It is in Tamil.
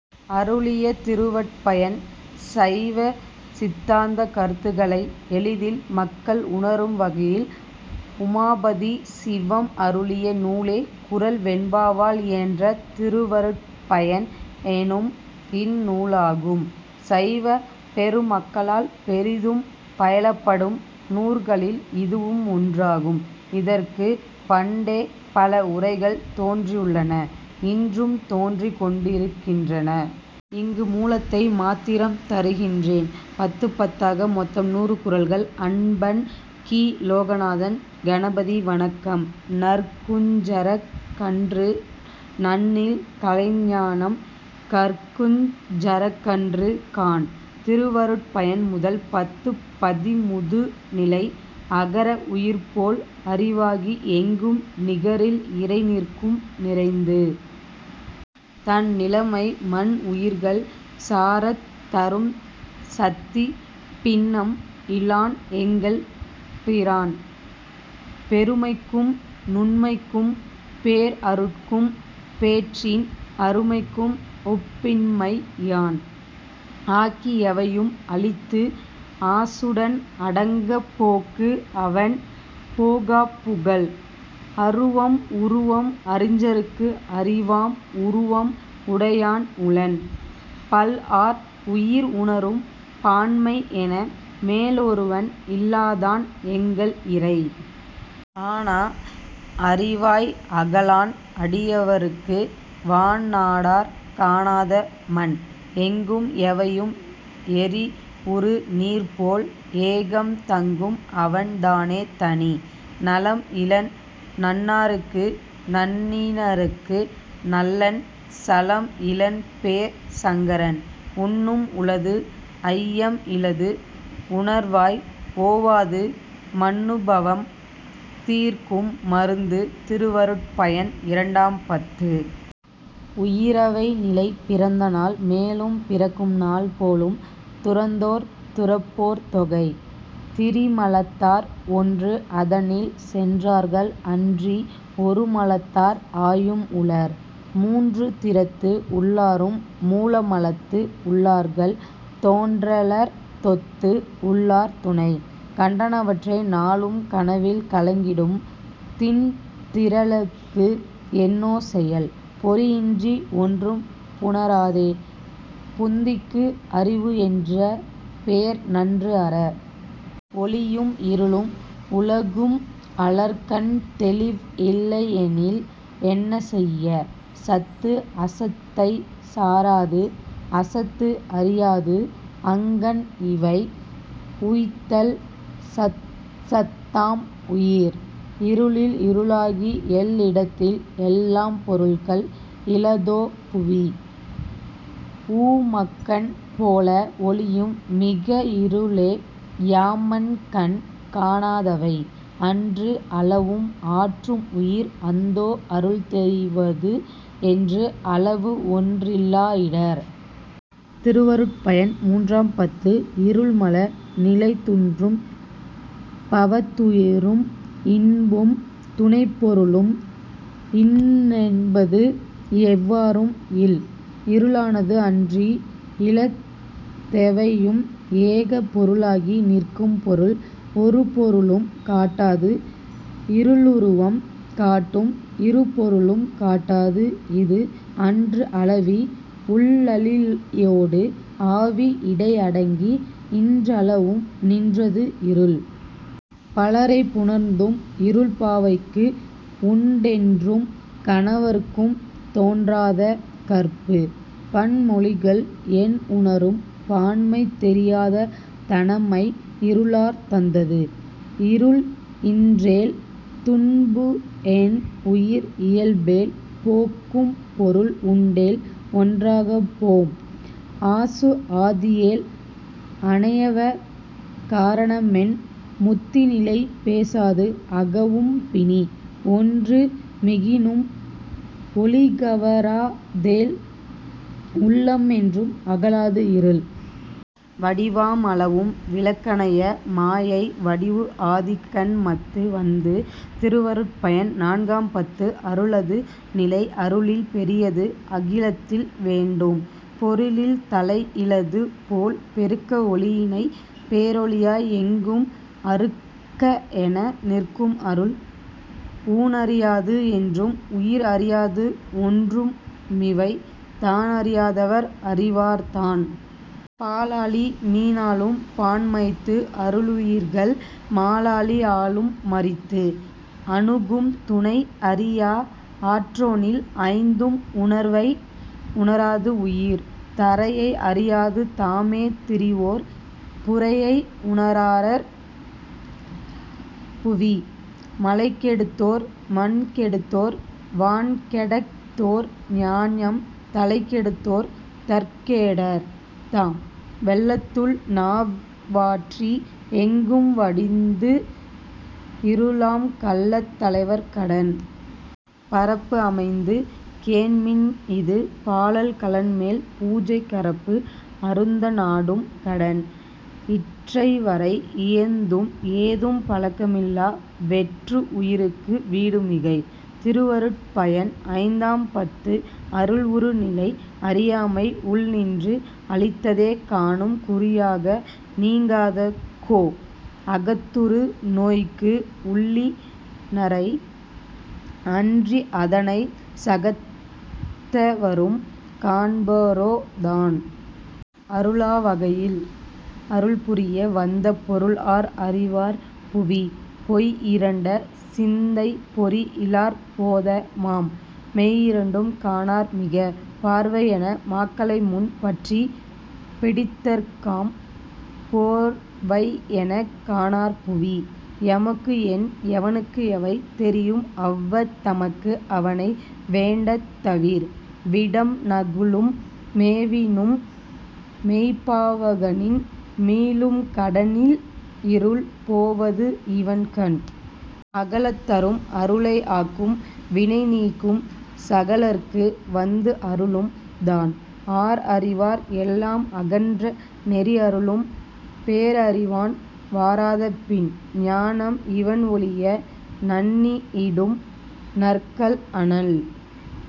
அருளிய திருவருட்பயன் சைவ சித்தாந்தக் கருத்துக்களை எளிதில் மக்கள் உணரும் வகையில் உமாபதி சிவம் அருளிய நூலே குறள் வெண்பாவால் இயன்ற திருவருட்பயன் எனும் இந்நூலாகும். சைவ பெருமக்களால் பெரிதும் பயிலப்படும் நூற்களில் இதுவும் ஒன்றாகும். இதற்கு பண்டே பல உரைகள் தோன்றியுள்ளன இன்றும் தோன்றிக் கொண்டிருகின்றன. இங்கு மூலத்தை மாத்திரம் தருகின்றேன். பத்துப் பத்தாக மொத்தம் நூறு குறள்கள். அன்பன் கி. லோகநாதன் கணபதி வணக்கம் நற்குஞ்சரக் கன்று நண்ணில் கலைஞானம் கற்குஞ் சரக்கன்று காண். திருவருட்பயன் முதல் பத்து பதிமுது நிலை அகர உயிர்போல் அறிவாகி எங்கும் நிகரில் இறை நிற்கும் நிறைந்து. தன் நிலைமை மன் உயிர்கள் சாரத் தரும்சத்தி பின்னம் இலான் எங்கள் பிரான். மெருமைக்கும் நுண்மைக்கும் பேர்அருட்கும் பேற்றின் அருமைக்கும் ஒப்புஇன்மை யான். ஆக்கிஎவையும் அளித்து ஆசுடன் அடங்கப் போக்கு அவன் போகாப் புகல். அருவம் உருவம் அறிஞர்க்கு அறிவாம் உருவம் உடையான் உளன். பல்ஆர் உயிர் உணரும் பான்மைஎன மேல்ஒருவன் இல்லாதான் எங்கள் இறை. ஆனா அறிவாய் அகலான் அடியவர்க்கு வான்நாடர் காணாத மன். எங்கும் எவையும் எரி உறு நீர்போல் ஏகம் தங்கும்அவன் தானே தனி. நலம்இலன் நண்ணார்க்கு நண்ணினர்க்கு நல்லன் சலம்இலன் பேர் சங்கரன். உன்னும்உளது ஐயம்இலது உணர்வாய் ஓவாது மன்னுபவம் தீர்க்கும் மருந்து திருவருட்பயன் இரண்டாம் பத்து. உயிரவை நிலை பிறந்தநாள் மேலும் பிறக்கும்நாள் போலும் துறந்தோர் துறப்போர் தொகை. திரிமலத்தார் ஒன்றுஅதனில் சென்றார்கள் அன்றி ஒருமலத்தார் ஆயும் உளர். மூன்றுதிறத்து உள்ளாரும் மூலமலத்து உள்ளார்கள் தோன்றலர்தொத்து உள்ளார் துணை. கண்டவற்றை நாளும் கனவில் கலங்கியிடும் திண்திறலுக்கு என்னோ செயல். பொறிஇன்றி ஒன்றும் புணராதே புந்திக்கு அறிவுஎன்ற பேர்நன்று அற. ஒளியும் இருளும் உலகும் அலர்கண் தெளிவு இல்எனில் என்செய. சத்துஅசத்தைச் சாராது அசத்துஅறியாது அங்கண்இவை உய்த்தல் சத்சத்தாம் உயிர். இருளில் இருளாகி எல்இடத்தில் எல்லாம் பொருள்கள் இலதோ புவி. ஊமக்கண் போல ஒளியும் மிக இருளே யாம்மன்கண் காணா தவை. அன்றுஅளவும் ஆற்றும் உயிர் அந்தோ அருள்தெரிவது என்றுஅளவு ஒன்றுஇல்லா இடர். திருவருட்பயன் மூன்றாம் பத்து. இருள்மல நிலை துன்றும் பவத்துயரும் இன்பும் துணைப்பொருளும் இன்றென்பது எவ்வாறும் இல். இருளானது அன்றி இலதெவையும் ஏகப் பொருளாகி நிற்கும் பொருள். ஒருபொருளும் காட்டாது இருளுருவம் காட்டும் இருபொருளும் காட்டாது இது. அன்றுஅளவி உள்ளளியோடு ஆவி இடைஅடங்கி இன்றளவும் நின்றது இருள். பலரைப் புணர்ந்தும் இருள்பாவைக்கு உண்டென்றும் கணவற்கும் தோன்றாத கற்பு. பன்மொழிகள் என்உணரும் பான்மை தெரியாத தனமை இருளார் தந்தது. இருள்இன்றேல் துன்புஎன் உயிர் இயல்பேல் போக்கும் பொருள் உண்டேல் ஒன்றாகப் போம். ஆசுஆதியேல் அணையவ காரணமென் முத்திநிலை பேசாது அகவும் பிணி. ஒன்று மிகினும் ஒளிகவராதேல் உள்ளம் என்றும் அகலாது இருள். வடிவாம் அளவும் விளக்கனைய மாயை வடிவுஆதி கன்மத்து வந்து. திருவருட்பயன் நான்காம் பத்து. அருளது நிலை அருளில் பெரியது அகிலத்தில் வேண்டும் பொருளில் தலைஇலது போல். பெருக்க ஒளியினை பேரொளியாய் எங்கும் அருக்க என நிற்கும் அருள். ஊனறியாது என்றும் உயிர்அறியாது ஒன்றுமிவை தானறியாதவர் அறிவார் தான். பால்ஆழி மீன்ஆளும் பான்மைத்து அருளுயிர்கள் மால்ஆழி ஆளும் மறித்து. அணுகும் துணைஅறியா ஆற்றோனில் ஐந்தும் உணர்வை உணராது உயிர். தரையை அறியாது தாமே திரிவோர் புரையை உணராரர் புவி. மலைகெடுத்தோர் மண்கெடுத்தோர் வான்கெடத்தோர் ஞானம் தலைகெடுத்தோர் தற்கேடர் தாம். வெள்ளத்துள் நாவாற்றி எங்கும்வடிந்து இருளாம் கள்ளத் தலைவர் கடன். பரப்புஅமைந்து கேண்மின்இது பாலல்கலன்மேல் பூஞை கரப்பு அருந்த நாடும் கடன். இற்றைவரை இயைந்தும் ஏதும் பழக்கமிலா வெற்று உயிர்க்கு வீடு மிகை. திருவருட்பயன் ஐந்தாம் பத்து அருள் உரு நிலை அறியாமை உள்நின்று அளித்ததே காணும் குறியாக நீங்காத கோ. அகத்துறு நோய்க்கு உள்ளினரை அன்றிஅதனை சகத்தவரும் காண்பரோ தான். அருளா வகையால் அருள்புரிய வந்த பொருள்ஆர் அறிவார் புவி. பொய்இருண்ட சிந்தைப் பொறி இலார் போதமாம் மெய்இரண்டும் காணார் மிக. பார்வைஎன மாக்களைமுன் பற்றிப் பிடித்தற்காம் போர்வைஎனக் காணார் புவி. எமக்குஎன் எவனுக்கு எவை தெரியும் அவ்வத் தமக்குஅவனை வேண்டத் தவிர். விடம்நகுலம் மேவினும் மெய்ப்பாவகனின் மீளும் கடனில்இருள் போவதுஇவன் கண். அகலத் தரும் அருளை ஆக்கும் வினைநீக்கும் சகலர்க்கு வந்துஅருளும் தான். ஆர்அறிவார் எல்லாம் அகன்ற நெறிஅருளும் பேர்அறிவான் வாராத பின். ஞானம் இவன்ஒழிய நண்ணியிடும் நற்கல்அனல்